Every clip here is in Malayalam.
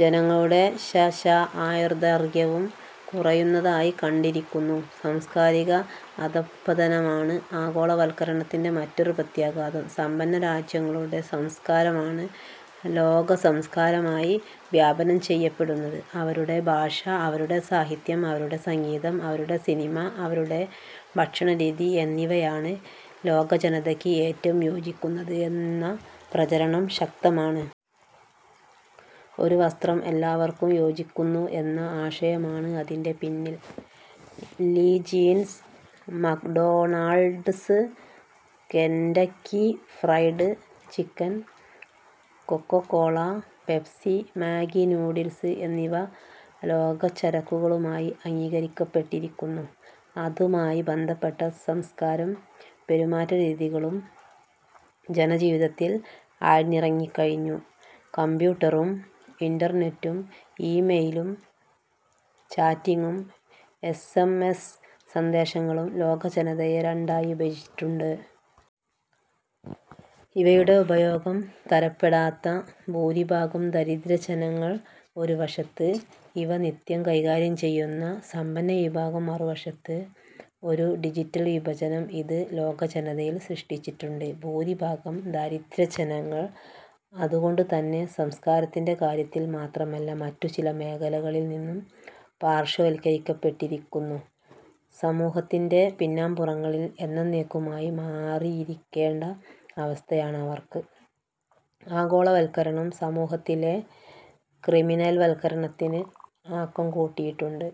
ജനങ്ങളുടെ ശ. ശ. ആയുർദൈർഘ്യവും കുറയുന്നതായി കണ്ടിരിക്കുന്നു. സാംസ്കാരിക അധഃപതനമാണ് ആഗോളവത്കരണത്തിന്റെ മറ്റൊരു പ്രത്യാഘാതം. സമ്പന്നരാജ്യങ്ങളുടെ സംസ്കാരമാണ് ലോകസംസ്കാരമായി വ്യാപനം ചെയ്യപ്പെടുന്നത്. അവരുടെ ഭാഷ, അവരുടെ സാഹിത്യം, അവരുടെ സംഗീതം, അവരുടെ സിനിമ, അവരുടെ ഭക്ഷണരീതി എന്നിവയാണ് ലോകജനതയ്ക്ക് ഏറ്റവും യോജിക്കുന്നത് എന്ന പ്രചരണം ശക്തമാണ്. "ഒരു വസ്ത്രം എല്ലാവർക്കും യോജിക്കുന്നു എന്ന ആശയമാണ് അതിന്റെ പിന്നിൽ. Lee Jeans, McDonald's, Kentucky Fried chicken, Coca Cola, Pepsi, Maggi noodles എന്നിവ ലോകചരക്കുകളായി അംഗീകരിക്കപ്പെട്ടിരിക്കുന്നു. അതുമായി ബന്ധപ്പെട്ട സംസ്കാരവും പെരുമാറ്റരീതികളും ജനജീവിതത്തിൽ ആഴ്ന്നിറങ്ങിക്കഴിഞ്ഞു. കംപ്യൂട്ടറും, ഇന്റർനെറ്റും, ഇ-മെയിലും, ചാറ്റിങ്ങും, എസ്. എം. എസ്. സന്ദേശങ്ങളും ലോകജനതയെ രണ്ടായി വിഭജിച്ചിട്ടുണ്ട്. ഇവയുടെ ഉപയോഗം തരപ്പെടാത്ത ഭൂരിഭാഗം ദരിദ്രജനങ്ങൾ ഒരുവശത്ത്, ഇവ നിത്യം കൈകാര്യം ചെയ്യുന്ന സമ്പന്നവിഭാഗം മറുവശത്ത്. ഒരു ഡിജിറ്റൽ വിഭജനം ഇത് ലോകജനതയിൽ സൃഷ്ടിച്ചിട്ടുണ്ട്. ഭൂരിഭാഗം ദരിദ്രജനങ്ങൾ അതുകൊണ്ടുതന്നെ സംസ്ക്കാരത്തിന്റെ കാര്യത്തിൽ മാത്രമല്ല, മറ്റുചില മേഖലകളിൽനിന്നും പാർശ്വവത്കരിക്കപ്പെട്ടിരിക്കുന്നു. സമൂഹത്തിന്റെ പിന്നാംപുറങ്ങളിൽ എന്നെന്നേക്കുമായി മാറിയിരിക്കേണ്ട അവസ്ഥയാണവർക്ക്. ആഗോളവത്കരണം സമൂഹത്തിലെ ക്രിമിനൽവത്കരണത്തിന് ആക്കംകൂട്ടിയിട്ടുണ്ട്.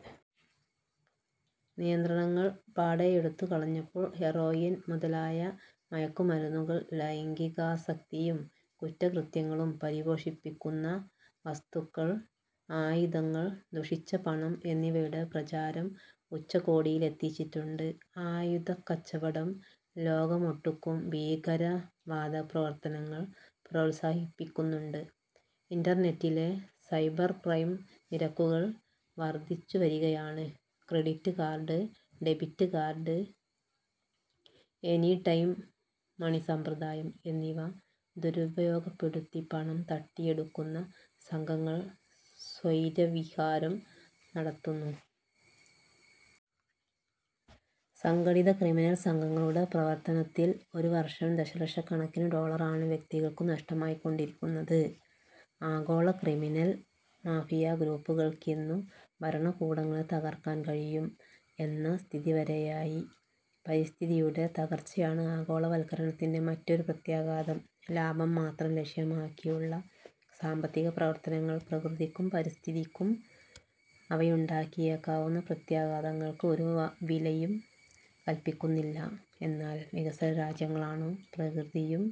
നിയന്ത്രണങ്ങൾ പാടെയെടുത്തു കളഞ്ഞപ്പോൾ ഹെറോയിൻ മുതലായ മയക്കുമരുന്നുകൾ, ലൈംഗികാസക്തിയും കുറ്റകൃത്യങ്ങളും പരിപോഷിപ്പിക്കുന്ന വസ്തുക്കൾ, ആയുധങ്ങൾ, ദുഷിച്ച പണം എന്നിവയുടെ പ്രചാരം ഉച്ചകോടിലെത്തിയിട്ടുണ്ട്. ആയുധക്കച്ചവടം ലോകമൊട്ടുക്കു ഭീകരവാദപ്രവർത്തനങ്ങൾ പ്രോത്സാഹിപ്പിക്കുന്നുണ്ട്. ഇന്റർനെറ്റിലെ സൈബർക്രൈം നിരക്കുകൾ വർധിച്ചുവരികയാണ്. Credit card, debit card, anytime മണിസമ്പ്രദായം എന്നിവ ദുരുപയോഗപ്പെടുത്തി പണം തട്ടിയെടുക്കുന്ന സംഘങ്ങൾ സ്വൈരവിഹാരം നടത്തുന്നു. സംഘടിത ക്രിമിനൽസംഘങ്ങളുടെ പ്രവർത്തനത്തിൽ ഒരുവർഷം ദശലക്ഷക്കണക്കിനു ഡോളറാണ് വ്യക്തികൾക്കു നഷ്ടമായിക്കൊണ്ടിരിക്കുന്നത്. ആഗോളക്രിമിനൽ മാഫിയഗ്രൂപ്പുകൾക്കിന്നു ഭരണകൂടങ്ങളെ തകർക്കാൻ കഴിയും എന്ന സ്ഥിതിവരെയായി. പരിസ്ഥിതിയുടെ തകർച്ചയാണ് ആഗോളവത്കരണത്തിന്റെ മറ്റൊരു പ്രത്യാഘാതം. ലാഭം മാത്രം ലക്ഷ്യമാക്കിയുള്ള സാമ്പത്തികപ്രവർത്തനങ്ങൾ പ്രകൃതിക്കും പരിസ്ഥിതിക്കും അവയുണ്ടാക്കിയേക്കാവുന്ന പ്രത്യാഘാതങ്ങൾക്ക് ഒരു വിലയും കല്പിക്കുന്നില്ല. എന്നാൽ വികസ്വരരാജ്യങ്ങളാണു പ്രകൃതിയും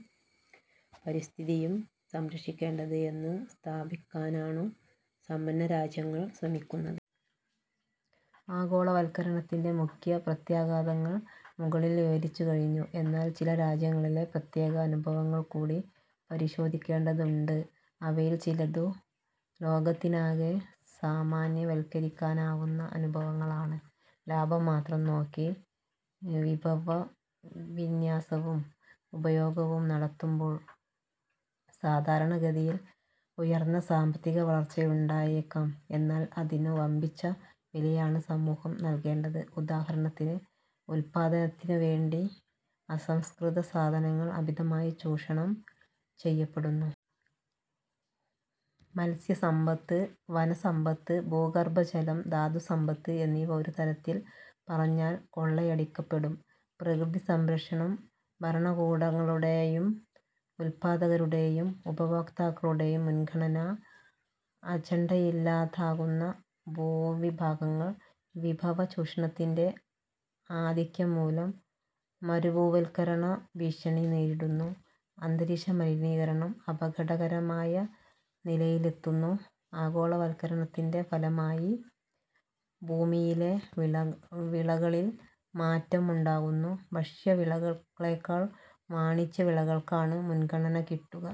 പരിസ്ഥിതിയും സംരക്ഷിക്കേണ്ടത് എന്നു സ്ഥാപിക്കാനാണു സമ്പന്നരാജ്യങ്ങൾ ശ്രമിക്കുന്നത്. ആഗോളവത്കരണത്തിന്റെ മുഖ്യമായ പ്രത്യാഘാതങ്ങൾ മുകളിൽ വിവരിച്ചുകഴിഞ്ഞു. എന്നാൽ ചില രാജ്യങ്ങളിലെ പ്രത്യേക അനുഭവങ്ങൾകൂടി പരിശോധിക്കേണ്ടതുണ്ട്. അവയിൽ ചിലതു ലോകത്തിനാകെ സാമാന്യവത്കരിക്കാനാവുന്ന അനുഭവങ്ങളാണ്. ലാഭം മാത്രം നോക്കി വിഭവവിന്യാസവും ഉപയോഗവും നടത്തുമ്പോൾ സാധാരണഗതിയിൽ ഉയർന്ന സാമ്പത്തികവളർച്ചയുണ്ടായേക്കാം. എന്നാൽ അതിനു വമ്പിച്ച വിലയാണ് സമൂഹം നൽകേണ്ടത്. ഉദാഹരണത്തിന് ഉത്പാദനത്തിനുവേണ്ടി അസംസ്കൃത സാധനങ്ങൾ അമിതമായി ചൂഷണം ചെയ്യപ്പെടുന്നു. മത്സ്യസമ്പത്ത്, വനസമ്പത്ത്, ഭൂഗർഭജലം, ധാതുസമ്പത്ത് എന്നിവ ഒരു തരത്തിൽ പറഞ്ഞാൽ കൊള്ളയടിക്കപ്പെടും. പ്രകൃതിസംരക്ഷണം ഭരണകൂടങ്ങളുടെയും ഉത്പാദകരുടെയും ഉപഭോക്താക്കളുടെയും മുൻഗണനാ അജൻഡയിലില്ലാതാകുന്നു. ഭൂവിഭാഗങ്ങൾ വിഭവചൂഷണത്തിന്റെ ആധിക്യംമൂലം മരുഭൂവൽക്കരണ ഭീഷണി നേരിടുന്നു. അന്തരീക്ഷമലനീകരണം അപകടകരമായ നിലയിലെത്തുന്നു. ആഗോളവത്കരണത്തിന്റെ ഫലമായി ഭൂമിയിലെ വിളകളിൽ മാറ്റം ഉണ്ടാകുന്നു. ഭക്ഷ്യവിളകളെക്കാൾ വാണിജ്യവിളകൾക്കാണ് മുൻഗണന കിട്ടുക.